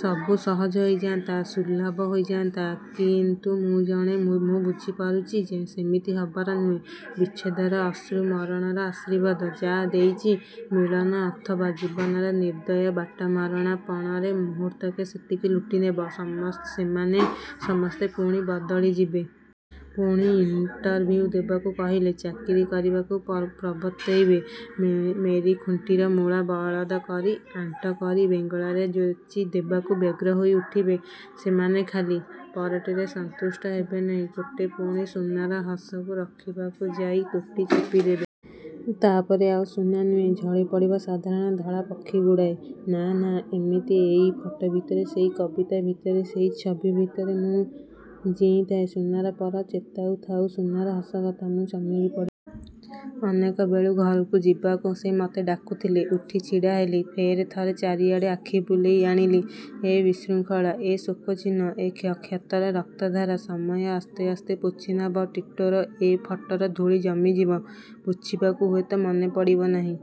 ସବୁ ସହଜ ହୋଇଯାଆନ୍ତା...। ସୁଲଭ ହୋଇଯାଆନ୍ତା... କି... ନ୍ତୁ... ମୁଁ ଜାଣେ, ମୁଁ ବୁଝିପାରୁଚି, ସେମିତି ହବାର ନୁହେଁ... ବିଚ୍ଛେଦର ଅଶ୍ରୁ ମରଣର ଆଶୀର୍ବାଦ ଯାହା ଦେଇଚି... ମିଳନ ଅଥବା ଜୀବନର ନିର୍ଦୟ ବାଟମାରଣା ପଣରେ ମୁହୂର୍ତ୍ତକେ ସେତକ ଲୁଟି ନେବ। ସେମାନେ ସମସ୍ତେ ପୁଣି ବଦଳି ଯିବେ... ପୁଣି ଇଣ୍ଟରଭିୟୁ ଦେବାକୁ କହିଲେ, ଚାକିରି କରିବାକୁ ପ୍ରବର୍ତ୍ତେଇବେ। ମେରୀଖୁଣ୍ଟିର ମୂଳ ବଳଦ କରି, ଆଣ୍ଟ କରି ବେଙ୍ଗଳାରେ ଯୋଚି ଦେବାକୁ ବ୍ୟଗ୍ର ହୋଇ ଉଠିବେ। ସେମାନେ ଖାଲି। ପରଟିରେ ସନ୍ତୁଷ୍ଟ ହେବେ ନାହିଁ...। ଗୋଟି ପଣେ ସୁନାର ହଂସକୁ ରଖିବାକୁ ଯାଇ ତୋଟି ଚିପି ଦେବେ। ତା' ପରେ ଆଉ ସୁନା ନୁହେଁ, ଝଡ଼ିପଡ଼ିବ ସାଧାରଣ ଧଳା ପକ୍ଷୀ ଗୁଡ଼ାଏ...। ନା... ନାଁ... ଏମିତି ଏଇ ଫଟୋ ଭିତରେ, ସେଇ କବିତା ଭିତରେ ସେଇ ଛବି ଭିତରେ ମୁଁ ଜୀଇଁଥାଏ...! ସୁନାର ପର ଚେତାଉ ଥାଉ ସୁନାର ହଂସ କଥା...। ମୁଁ ଚମକି ପଡ଼ିଲି... ଅନେକ ବେଳୁ ଘରକୁ ଯିବାକୁ ସେ ମତେ ଡାକୁ ଥିଲେ...। ଉଠି ଛିଡ଼ା ହେଲି। ଫେର ଥରେ ଚାରି ଆଡ଼େ ଆକ୍ଷି ବୁଲେଇ ଆଣିଲି। ଏ ବିଶୃଙ୍ଖଳା, ଏ ଶୋକ ଚିହ୍ନ, ଏ କ୍ଷତର ରକ୍ତଧାର ସମୟ ଆସ୍ତେ ଆସ୍ତେ ପୋଛି ନବ ଟିଟୋର ଏ ଫଟୋରେ ଧୂଳି ଯମି ଯିବ, ପୋଛିବାକୁ ହୁଏତ ମନେ ପଡ଼ିବ ନାହିଁ।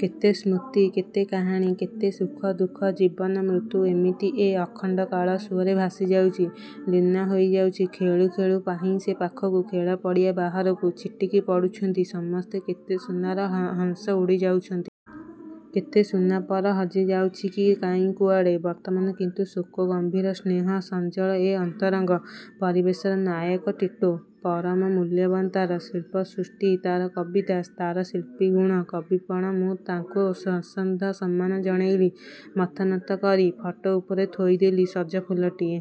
କେତେ ସ୍ମୃତି, କେତେ କାହାଣୀ, କେତେ ସୁଖ-ଦୁଃଖ, ଜୀବନ–ମୃତ୍ୟୁ ଏମିତି ଏ ଅଖଣ୍ଡ କାଳ ସୁଅରେ ଭାସି ଯାଉଛି... ଲୀନ ହୋଇ ଯାଉଛି ଖେଳୁ ଖେଳୁ ପାହି ସେ ପାଖକୁ, ଖେଳ ପଡ଼ିଆ ବାହାରକୁ, ଛିଟିକି ପଡ଼ୁଛନ୍ତି ସମସ୍ତେ କେତେ ସୁନାର ହଂସ ଉଡ଼ି ଯାଉଛନ୍ତି। କେତେ ସୁନାପର ହଜି ଯାଉଛି କାହିଁ କୁଆଡ଼େ-। ବର୍ତ୍ତମାନ କିନ୍ତୁ ଶୋକ ଗମ୍ଭୀର ସ୍ନେହ ସଜ୍ଜଳ ଏ ଅନ୍ତରଙ୍ଗ ପରିବେଶର ନାୟକ ଟିଟୋ। ପରମ ମୂଲ୍ୟବାନ ତାର– ଶିଳ୍ପ-ସୃଷ୍ଟି, ତା'ର କବିତା, ତା'ର ଶିଳ୍ପୀଗୁଣ କବିପଣ ମୁଁ ତାକୁ ସଶ୍ରଦ୍ଧ ସମ୍ମାନ ଜଣେଇଲି ମଥାନତ କରି, ଫଟୋ ଉପରେ ଥୋଇ ଦେଲି– ସଜ ଫୁଲଟିଏ।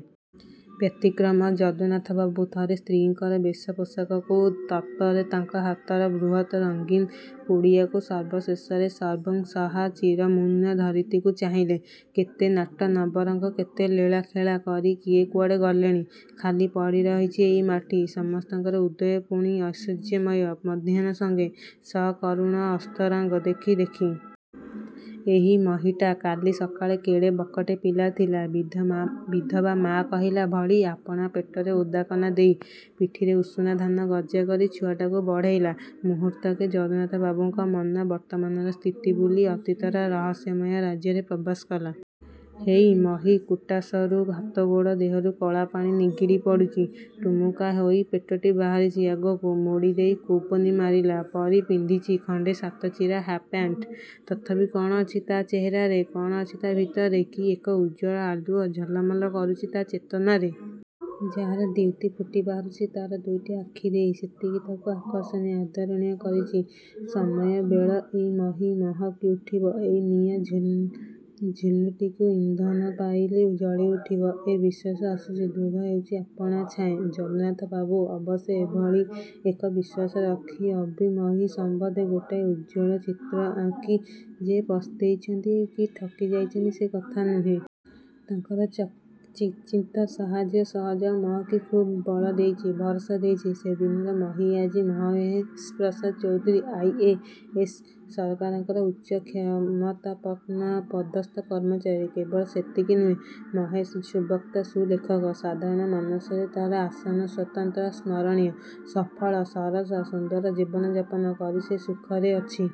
ବ୍ୟତିକ୍ରମ ଯଦୁନାଥବାବୁ ଥରେ ସ୍ତ୍ରୀଙ୍କର ବେଶପୋଷାକକୁ, ତତ୍ପରେ ତାଙ୍କ ହାତର ବୃହତ୍ ରଙ୍ଗୀନ୍ ପୁଡ଼ିଆକୁ ସର୍ବଶେଷରେ ସର୍ବଂସହା ଚିରମୌନ ଧରିତ୍ରୀକୁ ଚାହିଁଲେ...। କେତେ ନାଟ ନବରଙ୍ଗ କେତେ ଲୀଳାଖେଳା କରି କିଏ କୁଆଡ଼େ ଗଲେଣି। ଖାଲି ପଡ଼ି ରହିଛି ଏଇ ମାଟି। ସମସ୍ତଙ୍କର ଉଦୟ ପୁଣି ଐଶ୍ୱର୍ଯ୍ୟମୟ ମଧ୍ୟାହ୍ନ ସଙ୍ଗେ, ସକରୁଣ ଅସ୍ତରାଗ ଦେଖି ଦେଖି। ଏଇ ମହୀଟା... କାଲି ସକାଳେ କେଡ଼େ ବକଟେ ପିଲା ଥିଲା। ବିଧବା ମା' କହିଲା ଭଳି ଆପଣା ପେଟରେ ଓଦାକନା ଦେଇ, ପିଠିରେ ଉଷୁନା ଧାନ ଗଜା କରି ଛୁଆଟାକୁ ବଢ଼େଇଲା-। ମୁହୂର୍ତ୍ତକେ ଯଦୁନାଥବାବୁଙ୍କ ମନ ବର୍ତ୍ତମାନର ସ୍ଥିତି ଭୁଲି, ଅତୀତର ରହସ୍ୟମୟ ରାଜ୍ୟରେ ପ୍ରବେଶ କଲା। ହେଇ, ମହୀ, କୁଟାସରୁ ହାତଗୋଡ଼ ଦେହରୁ କଳାପାଣି ନିଗିଡ଼ି ପଡ଼ୁଛି। ଟୁମୁକାହେଇ ପେଟଟି ବାହାରିଛି ଆଗକୁ। ମୋଡ଼ିଦେଇ କୌପୁନୀ ମାରିଲା ପରି ପିନ୍ଧିଛି ଖଣ୍ଡେ ସାତଚିରା ହାପ୍ପ୍ୟାଣ୍ଟ। ତଥାପି କ'ଣ ଅଛି ତା' ଚେହେରାରେ, କ'ଣ ଅଛି ତା' ଭିତରେ? କି ଏକ ଉଜ୍ଜ୍ୱଳ ଆଲୁଅ ଝଲମଲ କରୁଛି ତା' ଚେତନାରେ? ଯାହାର ଦ୍ୟୁତି ଫୁଟି ବାହାରୁଛି ତା'ର ଦୁଇଟି ଆଖି ଦେଇ। ସେତିକି ତାକୁ ଆକର୍ଷଣୀୟ, ଆଦରଣୀୟ କରିଛି ସମୟ ବେଳେ ଏଇ ମହୀ, ମହକି ଉଠିବ, ଏଇ ନିଆଁ ଝୁଲଟିକ ଇନ୍ଧନ ପାଇଲେ ଜଳିଉଠିବ। ଏ ବିଶ୍ୱାସ ଆସୁଛି। ଦୃଢ଼ ହେଉଛି ଆପଣା ଛାଏଁ। ଯଦୁନାଥ ବାବୁ, ଅବଶ୍ୟ ଏ ଭଳି ଏକ ବିଶ୍ୱାସ ରଖି, ଅବା ମହୀ ସମ୍ବନ୍ଧେ ଗୋଟାଏ ଉଜ୍ଜ୍ୱଳ ଚିତ୍ର ଆଙ୍କି ଯେ ପସ୍ତେଇଛନ୍ତି, କି ଠକି ଯାଇଛନ୍ତି, ସେ କଥା ନୁହେଁ। ତାଙ୍କର ଯତ୍କିଞ୍ଚିତ ସାହାଯ୍ୟ, ସହଯୋଗ ମହୀକି ଖୁବ୍ ବଳ ଦେଇଛି, ଭରସା ଦେଇଛି-। ସେ ଦିନର ମହୀ ଆଜି Mahesh Prasad Chaudhuri, I. A, S.. ସରକାରଙ୍କର ଉଚ୍ଚ କ୍ଷମତାପନ୍ନ ପଦସ୍ଥ କର୍ମଚାରୀ। କେବଳ ସେତିକି ନୁହେଁ। ମହେଶ ସୁବକ୍ତା, ସୁ ଲେଖକ। ସାଧାରଣ ମାନସରେ ତା'ର ଆସନ ସ୍ୱତନ୍ତ୍ର, ସ୍ମରଣୀୟ। ସଫଳ, ସରସ, ସୁନ୍ଦର ଜୀବନଯାପନ କରି ସେ ସୁଖରେ ଅଛି।